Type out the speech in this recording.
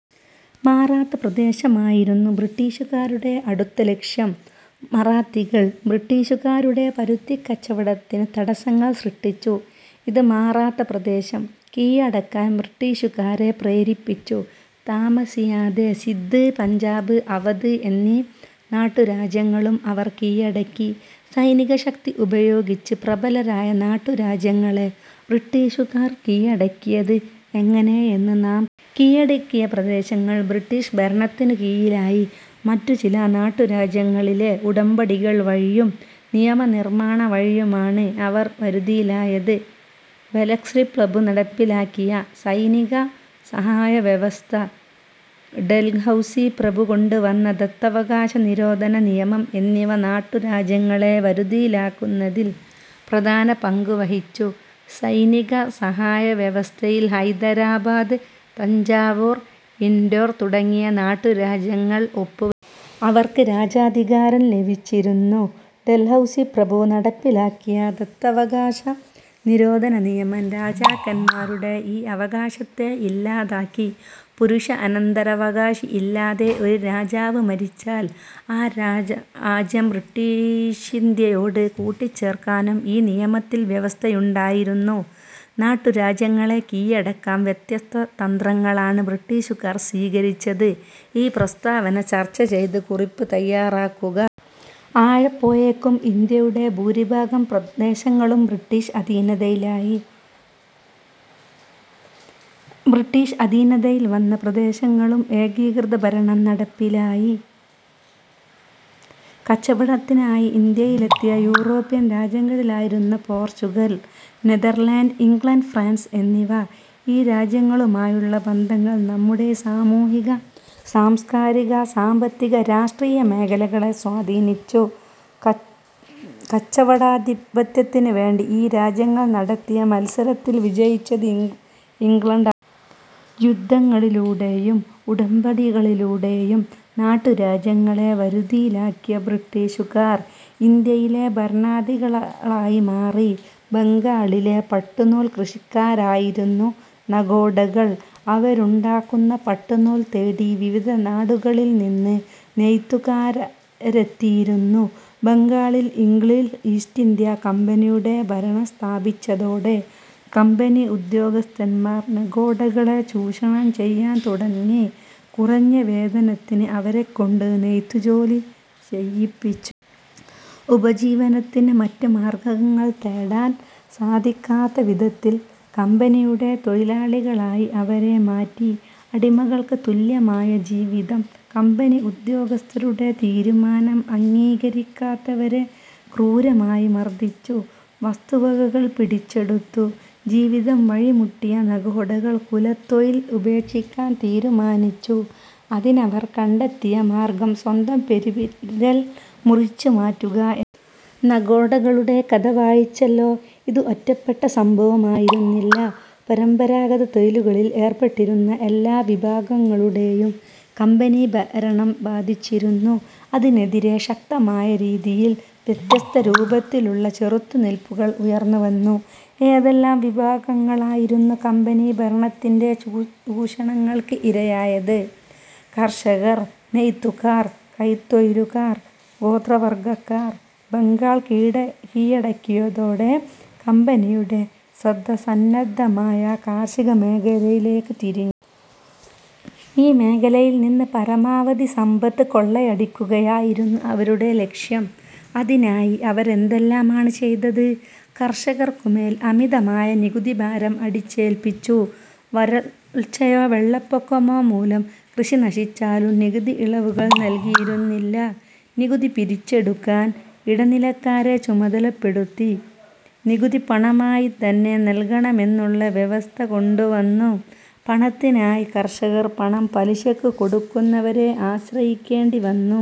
മറാത്ത പ്രദേശമായിരുന്നു ബ്രിട്ടീഷുകാരുടെ അടുത്ത ലക്ഷ്യം. മറാത്തികൾ ബ്രിട്ടീഷുകാരുടെ പരുത്തിക്കച്ചവടത്തിന് തടസ്സങ്ങൾ സൃഷ്ടിച്ചു. ഇത് മറാത്താ പ്രദേശം കീഴടക്കാൻ ബ്രിട്ടീഷുകാരെ പ്രേരിപ്പിച്ചു. താമസിയാതെ സിന്ധ്, പഞ്ചാബ്, അവധ് എന്നീ നാട്ടുരാജ്യങ്ങളും അവർ കീഴടക്കി. സൈനികശക്തി ഉപയോഗിച്ച് പ്രബലരായ നാട്ടുരാജ്യങ്ങളെ ബ്രിട്ടീഷുകാർ കീഴടക്കിയത് എങ്ങനെയെന്ന് നാം കണ്ടു. കീഴടക്കിയ പ്രദേശങ്ങൾ ബ്രിട്ടീഷ് ഭരണത്തിനു കീഴിലായി. മറ്റുചില നാട്ടുരാജ്യങ്ങളെ ഉടമ്പടികൾ വഴിയും നിയമനിർമ്മാണം വഴിയുമാണ് അവർ വരു തിയിലാക്കിയത്. വെല്ലസ്ലി പ്രഭു നടപ്പിലാക്കിയ സൈനിക സഹായ വ്യവസ്ഥ, ഡൽഹൗസി പ്രഭു കൊണ്ടുവന്ന "ദത്തവകാശ നിരോധനനിയമം' എന്നിവ നാട്ടുരാജ്യങ്ങളെ വരുതിയിലാക്കുന്നതിൽ പ്രധാന പങ്കുവഹിച്ചു. സൈനികസഹായ വ്യവസ്ഥയിൽ ഹൈദരാബാദ്, തഞ്ചാവൂർ, ഇൻഡോർ തുടങ്ങിയ നാട്ടുരാജ്യങ്ങൾ ഒപ്പുവച്ചു. അവർക്ക് രാജാധികാരം ലഭിച്ചിരുന്നു. ഡൽഹൗസി പ്രഭു നടപ്പിലാക്കിയ ദത്തവകാശ നിരോധനിയമം രാജാക്കന്മാരുടെ ഈ അവകാശത്തെ ഇല്ലാതാക്കി. പുരുഷ അനന്തരാവകാശി ഇല്ലാതെ ഒരു രാജാവ് മരിച്ചാൽ ആ രാജ്യം ബ്രിട്ടീഷിന്ത്യയോട് കൂട്ടിച്ചേർക്കാനും ഈ നിയമത്തിൽ വ്യവസ്ഥയുണ്ടായിരുന്നു. നാട്ടുരാജ്യങ്ങളെ കീഴടക്കാൻ വ്യത്യസ്ത തന്ത്രങ്ങളാണ് ബ്രിട്ടീഷുകാർ സ്വീകരിച്ചത്. ഈ പ്രസ്താവന ചർച്ചചെയ്ത് കുറിപ്പ് തയ്യാറാക്കുക. ആയപ്പോഴേക്കും ഇന്ത്യയുടെ ഭൂരിഭാഗം പ്രദേശങ്ങളും ബ്രിട്ടീഷ് അധീനതയിലായി. ബ്രിട്ടീഷ് അധീനതയിൽ വന്ന പ്രദേശങ്ങളിൽ ഏകീകൃതഭരണം നടപ്പിലാക്കി. കച്ചവടത്തിനായി ഇന്ത്യയിലെത്തിയ യൂറോപ്യൻ രാജ്യങ്ങളായിരുന്നു പോർച്ചുഗൽ, നെതർലാന്റ്സ്, ഇംഗ്ലണ്ട്, ഫ്രാൻസ് എന്നിവ. ഈ രാജ്യങ്ങളുമായുള്ള ബന്ധങ്ങൾ നമ്മുടെ സാമൂഹിക-സാംസ്കാരിക-സാമ്പത്തിക രാഷ്ട്രീയ മേഖലകളെ സ്വാധീനിച്ചു. കച്ചവടാധിപത്യത്തിനുവേണ്ടി ഈ രാജ്യങ്ങൾ നടത്തിയ മത്സരത്തിൽ വിജയിച്ചത് ഇംഗ്ലണ്ടായിരുന്നു. യുദ്ധങ്ങളിലൂടെയും ഉടമ്പടികളിലൂടെയും നാട്ടുരാജ്യങ്ങളെ വരുതിയിലാക്കിയ ബ്രിട്ടീഷുകാർ ഇന്ത്യയിലെ ഭരണാധികാരികളായി മാറി. ബംഗാളിലെ പട്ടുനൂൽ കൃഷിക്കാരായിരുന്നു നഗോഡകൾ. അവരുണ്ടാക്കുന്ന പട്ടുനൂൽ തേടി വിവിധ നാടുകളിൽനിന്ന് നെയ്ത്തുകാരെത്തിയിരുന്നു. ബംഗാളിൽ ഇംഗ്ലീഷ് ഈസ്റ്റിന്ത്യാ കമ്പനിയുടെ ഭരണം സ്ഥാപിച്ചതോടെ കമ്പനി ഉദ്യോഗസ്ഥന്മാർ നഗോഡകളെ ചൂഷണം ചെയ്യാൻ തുടങ്ങി. കുറഞ്ഞ വേതനത്തിന് അവരെക്കൊണ്ട് നെയ്ത്തുജോലി ചെയ്യിപ്പിച്ചു. ഉപജീവനത്തിന് മറ്റു മാർഗ്ഗങ്ങൾ തേടാൻ സാധിക്കാത്തവിധത്തിൽ കമ്പനിയുടെ തൊഴിലാളികളാക്കി അവരെ മാറ്റി. അടിമകൾക്ക് തുല്യമായ ജീവിതം! കമ്പനി ഉദ്യോഗസ്ഥരുടെ തീരുമാനം അംഗീകരിക്കാത്തവരെ ക്രൂരമായി മർദ്ദിച്ചു. വസ്തുവകകൾ പിടിച്ചെടുത്തു. ജീവിതം വഴിമുട്ടിയ നഗോഡകൾ കുലത്തൊഴിൽ ഉപേക്ഷിക്കാൻ തീരുമാനിച്ചു. അതിനവർ കണ്ടെത്തിയ മാർഗ്ഗം സ്വന്തം പെരുവിരൽ മുറിച്ചുമാറ്റുക എന്നതായിരുന്നു. നഗോഡകളുടെ കഥ വായിച്ചല്ലോ. ഇത് ഒറ്റപ്പെട്ട സംഭവമായിരുന്നില്ല. പരമ്പരാഗത തൊഴിലുകളിൽ ഏർപ്പെട്ടിരുന്ന എല്ലാ വിഭാഗങ്ങളെയും കമ്പനി ഭരണം ബാധിച്ചിരുന്നു. അതിനെതിരെ ശക്തമായ രീതിയിൽ വ്യത്യസ്ത രൂപത്തിലുള്ള ചെറുത്തു നിൽപ്പുകൾ ഉയർന്നുവന്നു. ഏതെല്ലാം വിഭാഗങ്ങളായിരുന്നു കമ്പനി ഭരണത്തിന്റെ ചൂഷണങ്ങൾക്ക് ഇരയായത് കർഷകർ, നെയ്ത്തുകാർ, കൈത്തൊഴിലുകാർ, ഗോത്രവർഗ്ഗക്കാർ. ബംഗാൾ കീഴടക്കിയതോടെ കമ്പനിയുടെ ശ്രദ്ധ സമ്പന്നമായ കാർഷികമേഖലയിലേക്ക് തിരിഞ്ഞു. ഈ മേഖലയിൽനിന്ന് പരമാവധി സമ്പത്ത് കൊള്ളയടിക്കുകയായിരുന്നു അവരുടെ ലക്ഷ്യം. അതിനായി അവരെന്തെല്ലാമാണ് ചെയ്തത്? കർഷകർക്കുമേൽ അമിതമായ നികുതിഭാരം അടിച്ചേൽപ്പിച്ചു. വരൾച്ചയോ വെള്ളപ്പൊക്കമോ മൂലം കൃഷി നശിച്ചാലും നികുതി ഇളവുകൾ നൽകിയിരുന്നില്ല. നികുതി പിരിച്ചെടുക്കാൻ ഇടനിലക്കാരെ ചുമതലപ്പെടുത്തി. നികുതി പണമായിത്തന്നെ നൽകണമെന്നുള്ള വ്യവസ്ഥ കൊണ്ടുവന്നു. പണത്തിനായി കർഷകർ പണം പലിശയ്ക്ക് കൊടുക്കുന്നവരെ ആശ്രയിക്കേണ്ടിവന്നു.